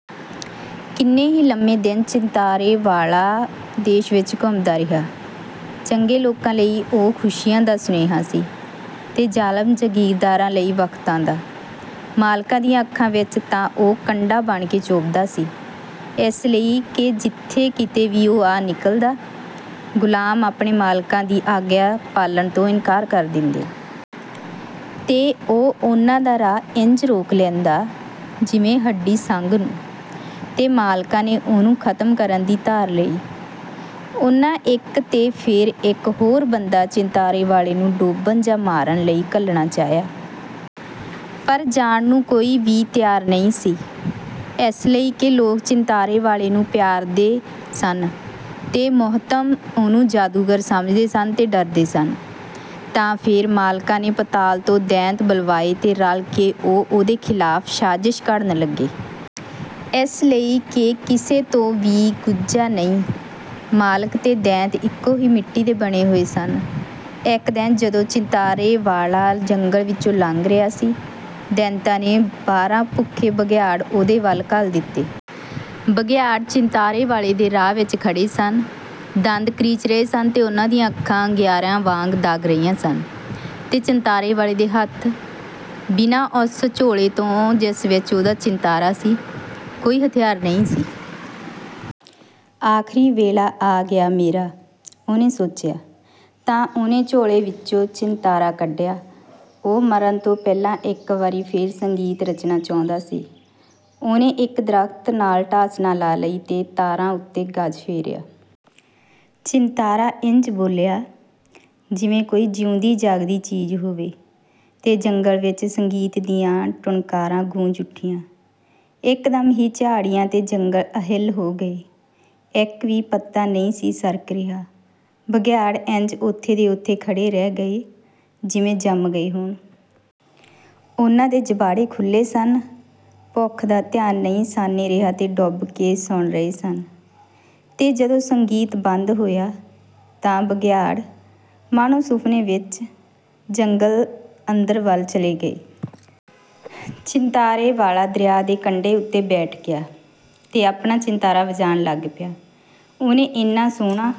ਕਿੰਨੇ ਹੀ ਲੰਮੇ ਦਿਨ ਚਿੰਤਾਰੇ ਵਾਲਾ ਦੇਸ ਵਿੱਚ ਘੁੰਮਦਾ ਰਿਹਾ। ਚੰਗੇ ਲੋਕਾਂ ਲਈ ਉਹ ਖੁਸ਼ੀ ਦਾ ਸੁਨੇਹਾ ਸੀ, ਤੇ ਜ਼ਾਲਮ ਜਾਗੀਰਦਾਰਾਂ ਲਈ ਵਖ਼ਤਾਂ ਦਾ। ਮਾਲਕਾਂ ਦੀਆਂ ਅੱਖਾਂ ਵਿੱਚ ਤਾਂ ਉਹ ਕੰਡਾ ਬਣ ਕੇ ਚੁਭਦਾ ਸੀ, ਇਸ ਲਈ ਕਿ ਜਿਥੇ ਕਿਤੇ ਵੀ ਉਹ ਆ ਨਿਕਲਦਾ, ਗੁਲਾਮ ਆਪਣੇ ਮਾਲਕਾਂ ਦੀ ਆਗਿਆ ਪਾਲਣ ਤੋਂ ਇਨਕਾਰ ਕਰ ਦੇਂਦੇ। ਤੇ ਉਹ ਉਹਨਾਂ ਦਾ ਰਾਹ ਇੰਜ ਰੋਕ ਲੈਂਦਾ, ਜਿਵੇਂ ਹੱਡੀ ਸੰਘ ਨੂੰ। ਤੇ ਮਾਲਕਾਂ ਨੇ ਉਹਨੂੰ ਖ਼ਤਮ ਕਰਨ ਦੀ ਧਾਰ ਲਈ। ਉਹਨਾਂ ਇੱਕ ਤੇ ਫੇਰ ਇੱਕ ਹੋਰ ਬੰਦਾ ਚਿੰਤਾਰੇ ਵਾਲੇ ਨੂੰ ਡੋਬਣ ਜਾਂ ਮਾਰਨ ਲਈ ਘੱਲਣਾ ਚਾਹਿਆ। ਪਰ ਜਾਣ ਨੂੰ ਕੋਈ ਵੀ ਤਿਆਰ ਨਹੀਂ ਸੀ, ਇਸ ਲਈ ਕਿ ਲੋਕ ਚਿੰਤਾਰੇ ਵਾਲੇ ਨੂੰ ਪਿਆਰਦੇ ਸਨ, ਤੇ ਮੁਹਤਮਮ ਉਹਨੂੰ ਜਾਦੂਗਰ ਸਮਝਦੇ ਸਨ ਤੇ ਡਰਦੇ ਸਨ। ਤਾਂ ਫੇਰ ਮਾਲਕਾਂ ਨੇ ਪਾਤਾਲ ਤੋਂ ਦੈਂਤ ਬੁਲਵਾਏ ਤੇ ਰਲ ਕੇ ਉਹ ਉਹਦੇ ਖ਼ਿਲਾਫ਼ ਸਾਜ਼ਸ਼ ਘੜਨ ਲੱਗੇ। ਇਸ ਲਈ ਕਿ ਕਿਸੇ ਤੋਂ ਵੀ ਗੁੱਝਾ ਨਹੀਂ, ਮਾਲਕ ਤੇ ਦੈਂਤ ਇਕੋ ਹੀ ਮਿੱਟੀ ਦੇ ਬਣੇ ਹੋਏ ਸਨ। ਇੱਕ ਦਿਨ ਜਦੋਂ ਚਿੰਤਾਰੇ ਵਾਲਾ ਜੰਗਲ ਵਿਚੋਂ ਲੰਘ ਰਿਹਾ ਸੀ, ਦੈਂਤਾਂ ਨੇ ਬਾਰਾਂ ਭੁੱਖੇ ਬਘਿਆੜ ਉਹਦੇ ਵਲ ਘੱਲ ਦਿੱਤੇ। ਬਘਿਆੜ ਚਿੰਤਾਰੇ ਵਾਲੇ ਦੇ ਰਾਹ ਵਿੱਚ ਖੜੇ ਸਨ, ਦੰਦ ਕਰੀਚ ਰਹੇ ਸਨ ਤੇ ਉਹਨਾਂ ਦੀਆਂ ਅੱਖਾਂ ਅੰਗਿਆਰਾਂ ਵਾਂਗ ਦੱਗ ਰਹੀਆਂ ਸਨ। ਤੇ ਚਿੰਤਾਰੇ ਵਾਲੇ ਦੇ ਹੱਥ, ਬਿਨਾਂ ਉਸ ਝੋਲੇ ਤੋਂ ਜਿਸ ਵਿੱਚ ਉਹਦਾ ਚਿੰਤਾਰਾ ਸੀ, ਕੋਈ ਹਥਿਆਰ ਨਹੀਂ ਸੀ। "ਆਖ਼ਰੀ ਵੇਲਾ ਆ ਗਿਐ ਮੇਰਾ," ਉਹਨੇ ਸੋਚਿਆ। ਤਾਂ ਉਹਨੇ ਝੋਲੇ ਵਿਚੋਂ ਚਿੰਤਾਰਾ ਕੱਢਿਆ। ਉਹ ਮਰਨ ਤੋਂ ਪਹਿਲਾਂ ਇੱਕ ਵਾਰੀ ਫੇਰ ਸੰਗੀਤ ਰਚਣਾ ਚਾਹੁੰਦਾ ਸੀ। ਉਹਨੇ ਇੱਕ ਦਰਖ਼ਤ ਨਾਲ ਢਾਸਣਾ ਲਾ ਲਈ ਤੇ ਤਾਰਾਂ ਉਤੇ ਗਜ਼ ਫੇਰਿਆ। ਚਿੰਤਾਰਾ ਇੰਜ ਬੋਲਿਆ, ਜਿਵੇਂ ਕੋਈ ਜਿਊਂਦੀ-ਜਾਗਦੀ ਚੀਜ਼ ਹੋਵੇ, ਤੇ ਜੰਗਲ ਵਿੱਚ ਸੰਗੀਤ ਦੀਆਂ ਟੁਣਕਾਰਾਂ ਗੂੰਜ ਉੱਠੀਆਂ। ਇਕਦਮ ਹੀ ਝਾੜੀਆਂ ਤੇ ਜੰਗਲ ਅਹਿੱਲ ਹੋ ਗਏ, ਇੱਕ ਵੀ ਪੱਤਾ ਨਹੀਂ ਸੀ ਸਰਕ ਰਿਹਾ; ਬਘਿਆੜ ਇੰਜ ਓਥੇ ਦੇ ਓਥੇ ਖੜੇ ਰਹਿ ਗਏ, ਜਿਵੇਂ ਜੰਮ ਗਏ ਹੋਣ। ਉਹਨਾਂ ਦੇ ਜਬਾੜੇ ਖੁੱਲ੍ਹੇ ਸਨ, ਭੁੱਖ ਦਾ ਧਿਆਨ ਨਹੀਂ ਸਾਨੇਂ ਰਿਹਾ ਤੇ ਡੁੱਬ ਕੇ ਸੁਣ ਰਹੇ ਸਨ। ਤੇ ਜਦੋਂ ਸੰਗੀਤ ਬੰਦ ਹੋਇਆ, ਤਾਂ ਬਘਿਆੜ, ਮਾਣੋ ਸੁਫ਼ਨੇ ਵਿੱਚ, ਜੰਗਲ ਅੰਦਰ ਵੱਲ ਚਲੇ ਗਏ। ਚਿੰਤਾਰੇ ਵਾਲਾ ਦਰਿਆ ਦੇ ਕੰਢੇ ਉਤੇ ਬੈਠ ਗਿਆ, ਤੇ ਆਪਣਾ ਚਿੰਤਾਰਾ ਵਜਾਣ ਲੱਗ ਪਿਆ। ਉਹਨੇ ਏਨਾ ਸੁਹਣਾ